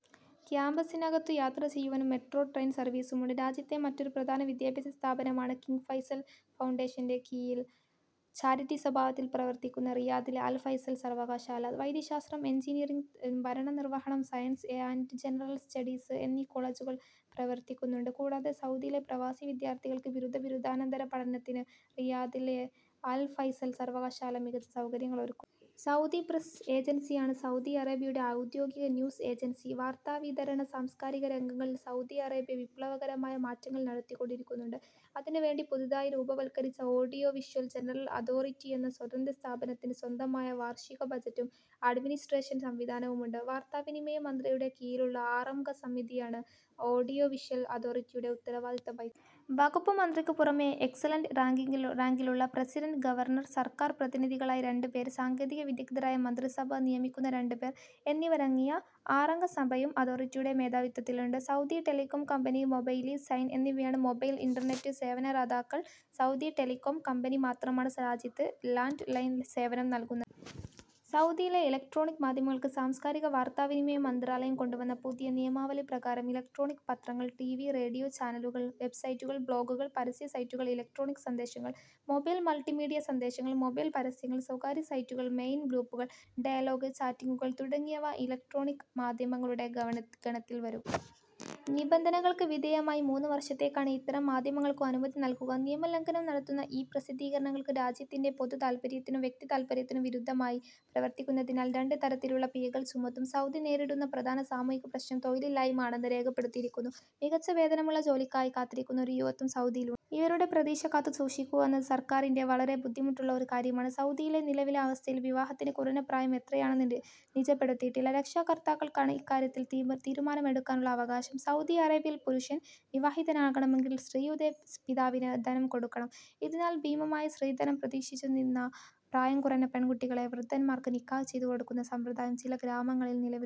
ക്യാംപസിനകത്തു യാത്രചെയ്യുവാൻ metro train സർവീസുമുണ്ട്. രാജ്യത്തെ മറ്റൊരു പ്രധാന വിദ്യാഭ്യാസ സ്ഥാപനമാണ് കിങ് ഫൈസൽ ഫൗണ്ടേഷന്റെ കീഴിൽ ചാരിറ്റി സ്വഭാവത്തിൽ പ്രവർത്തിക്കുന്ന റിയാദിലെ അൽ ഫൈസൽ സർവകലാശാല. വൈദ്യശാസ്ത്രം, എൻജിനീയറിങ്, ഭരണ നിർവ്വഹണം, സയൻസ് ആന്റ് ജനറൽ സ്റ്റഡീസ് എന്നീ കോളജുകൾ പ്രവർത്തിക്കുന്നുണ്ട്. കൂടാതെ സൗദിയിലെ പ്രവാസി വിദ്യാർഥികൾക്ക് ബിരുദ, ബിരുദാനന്തര പഠനത്തിന് റിയാദിലെ അൽ ഫൈസൽ സർവകലാശാല മികച്ച സൗകര്യങ്ങളൊരുക്കുന്നു. സൗദി പ്രസ് ഏജൻസിയാണ് സൗദി അറേബ്യയുടെ ഔദ്യോഗിക ന്യൂസ് ഏജൻസി. വാർത്താവിതരണ, സാംസ്കാരിക രംഗങ്ങളിൽ സൗദി അറേബ്യ വിപ്ലവകരമായ മാറ്റങ്ങൾ നടത്തിക്കൊണ്ടിരിക്കുന്നുണ്ട്. അതിനു വേണ്ടി പുതുതായി രൂപവൽക്കരിച്ച ഓഡിയോ വിഷ്വൽ ജനറൽ അതോറിറ്റി എന്ന സ്വതന്ത്രസ്ഥാപനത്തിന് സ്വന്തമായ വാർഷിക ബജറ്റും അഡ്മിനിസ്ട്രേഷൻ സംവിധാനവുമുണ്ട്. വാർത്താവിനിമയ മന്ത്രിയുടെ കീഴിലുള്ള ആറംഗ സമിതിയാണ് ഓഡിയോവിഷൽ അതോറിറ്റിയുടെ ഉത്തരവാദിത്തം വഹിക്കുന്നത്. വകുപ്പുമന്ത്രിക്കു പുറമെ എക്സലൻറ് റാങ്കിലുള്ള പ്രസിഡൻറ്, ഗവർണർ, സർക്കാർ പ്രതിനിധികളായി രണ്ട് പേർ, സാങ്കേതിക വിദഗ്ദ്ധരായ മന്ത്രിസഭ നിയമിക്കുന്ന രണ്ട് പേർ എന്നിവരങ്ങിയ ആറംഗ സഭയും അതോറിറ്റിയുടെ മേധാവിത്വത്തിലുണ്ട്. Saudi telecom company, Mobily, Zain എന്നിവയാണ് മൊബൈൽ, ഇന്റർനെറ്റ് സേവന ദാദാക്കൾ. സൗദി ടെലികോം കമ്പനി മാത്രമാണ് രാജ്യത്ത് ലാൻഡ് ലൈൻ സേവനംനൽകുന്നത്. സൗദിയിലെ ഇലക്ട്രോണിക് മാധ്യമങ്ങൾക്ക് സാംസ്കാരിക-വാർത്താവിനിമയ മന്ത്രാലയം കൊണ്ടുവന്ന പുതിയ നിയമാവലി പ്രകാരം ഇലക്ട്രോണിക് പത്രങ്ങൾ, ടി. വി-റേഡിയോ ചാനലുകൾ, വെബ്സൈറ്റുകൾ, ബ്ലോഗുകൾ, പരസ്യ സൈറ്റുകൾ, ഇലക്ട്രോണിക് സന്ദേശങ്ങൾ, മൊബൈൽ-മൾട്ടിമീഡിയ സന്ദേശങ്ങൾ, മൊബൈൽ പരസ്യങ്ങൾ, സ്വകാര്യ സൈറ്റുകൾ, മെയിൽ ഗ്രൂപ്പുകൾ, ഡയലോഗ്-ചാറ്റിങ്ങുകൾ തുടങ്ങിയവ ഇലക്ട്രോണിക് മാധ്യമങ്ങളുടെ ഗണത്തിൽ വരും. നിബന്ധനകൾക്ക് വിധേയമായി മൂന്ന് വർഷത്തേക്കാണ് ഇത്തരം മാധ്യമങ്ങൾക്ക് അനുമതി നൽകുക. നിയമലംഘനം നടത്തുന്ന ഇ-പ്രസിദ്ധീകരണങ്ങൾക്ക് രാജ്യത്തിന്റെ പൊതു താൽപര്യത്തിനും വ്യക്തി താൽപര്യത്തിനും വിരുദ്ധമായി പ്രവർത്തിക്കുന്നതിനാൽ രണ്ട് തരത്തിലുള്ള പിഴകൾ ചുമത്തും.. സൗദി നേരിടുന്ന പ്രധാന സാമൂഹിക പ്രശ്നം തൊഴിലില്ലായ്മ ആണെന്ന് രേഖപ്പെടുത്തിയിരിക്കുന്നു. മികച്ച വേതനമുള്ള ജോലിക്കായി കാത്തിരിക്കുന്ന ഒരു യുവത്വം സൗദിയിലുണ്ട്. ഇവരുടെ പ്രതീക്ഷ കാത്തു സൂക്ഷിക്കുക എന്നത് സർക്കാരിന് വളരെ ബുദ്ധിമുട്ടുള്ള ഒരു കാര്യമാണ്.. സൗദിയിലെ നിലവിലെ അവസ്ഥയിൽ വിവാഹത്തിന് കുറഞ്ഞ പ്രായം എത്രയാണെന്ന് നിജപ്പെടുത്തിയിട്ടില്ല. രക്ഷാകർത്താക്കൾക്കാണ് ഇക്കാര്യത്തിൽ തീരുമാനമെടുക്കാനുള്ള അവകാശം. സൗദി അറേബ്യയിൽ പുരുഷൻ വിവാഹിതനാകണമെങ്കിൽ സ്ത്രീയുടെ പിതാവിന് ധനം കൊടുക്കണം. ഇതിനാൽ ഭീമമായ സ്ത്രീധനം പ്രതീക്ഷിച്ചു നന്നേ പ്രായം കുറഞ്ഞ പെൺകുട്ടികളെ വൃദ്ധന്മാർക്ക് നിക്കാഹ് ചെയ്തുകൊടുക്കുന്ന സമ്പ്രദായം ചില ഗ്രാമങ്ങളിൽ നിലവിലുണ്ട്.